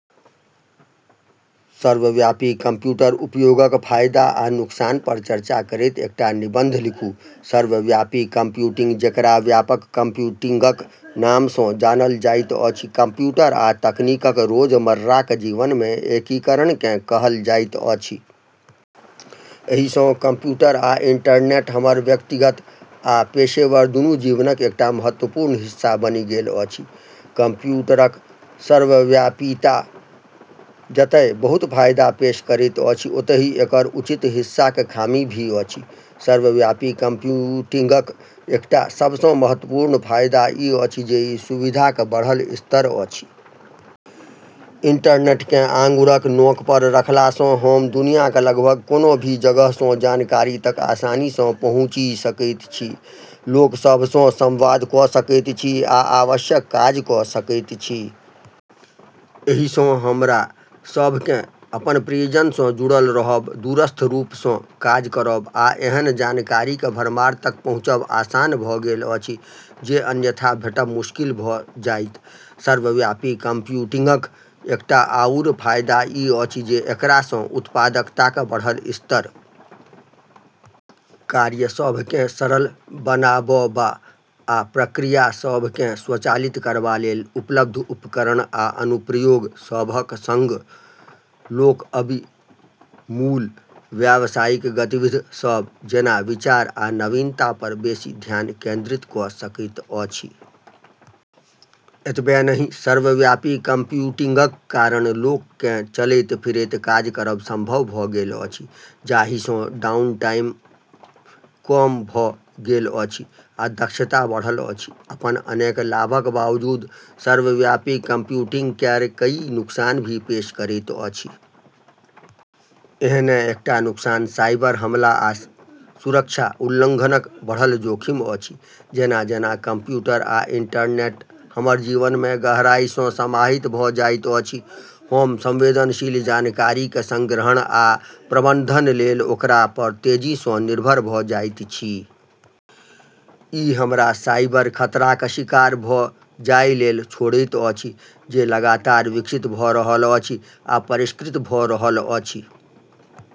सर्वव्यापी कम्प्यूटर उपयोगक फायदा आ नुकसान पर चर्चा करैत एकटा निबंध लिखू सर्वव्यापी कंप्यूटिंग, जेकरा व्यापक कंप्यूटिंगक नाम सँ भी जानल जाइत अछि, कंप्यूटर आ तकनीकक रोजमर्राक जीवन मे एकीकरण केँ कहल जाइत अछि। एहि सँ कंप्यूटर आ इंटरनेट हमर व्यक्तिगत आ पेशेवर दुनू जीवनक एकटा महत्वपूर्ण हिस्सा बनि गेल अछि। कम्प्यूटरक सर्वव्यापीता जतए बहुत फायदा पेश करैत अछि, ओतहि एकर उचित हिस्साक खामी भी अछि। सर्वव्यापी कंप्यूटिंगक एकटा सब सँ महत्वपूर्ण फायदा ई अछि जे ई सुविधाक बढ़ल स्तर अछि। इंटरनेट केँ आँगुरक नोक पर रखला सँ हम दुनियाक लगभग कोनो भी जगह सँ जानकारी तक आसानी सँ पहुँची सकैत छी, लोक सभ सँ संवाद कऽ सकैत छी, आ आवश्यक काज कऽ सकैत छी। एहि सँ हमरा सभ केँ अपन प्रियजन सँ जुड़ल रहब, दूरस्थ रूप सँ काज करब, आ एहन जानकारीक भरमार तक पहुँचब आसान भऽ गेल अछि जे अन्यथा भेटब मुश्किल भऽ जाइत। सर्वव्यापी कंप्यूटिंगक एकटा आउर फायदा ई अछि जे एकरा सँ उत्पादकताक बढ़ल स्तर। कार्य सभ केँ सरल बनाबबा आ प्रक्रिया सभ केँ स्वचालित करबा लेल उपलब्ध उपकरण आ अनुप्रयोग सभक सँग, लोक अबि मूल व्यवसायिक गतिविध सभ, जेना विचार आ नवीनता पर बेसि ध्यान केंद्रित कऽ सकैत अछि। एतबे नहि, सर्वव्यापी कंप्यूटिंगक कारण लोक केँ चलैत-फिरैत काज करब संभव भऽ गेल अछि, जाहि सँ डाउनटाइम कम भऽ गेल अछि आ दक्षता बढ़ल अछि। अपन अनेक लाभक बावजूद सर्वव्यापी कंप्यूटिंग केरऽ कई नुकसान भी पेश करैत अछि। एहने एकटा नुकसान साइबर-हमला आ सुरक्षा उल्लंघनक बढ़ल जोखिम अछि। जेना-जेना कंप्यूटर आ इंटरनेट हमर जीवन मे गहराई सँ समाहित भऽ जाइत अछि, हम संवेदनशील जानकारीक संग्रहण आ प्रबंधन लेल ओकरा पर तेजी सँ निर्भर भऽ जाइत छी। ई हमरा साइबर खतराक शिकार भऽ जाए लेल छोड़ैत अछि, जे लगातार विकसित भऽ रहल अछि आ परिष्कृत भऽ रहल अछि।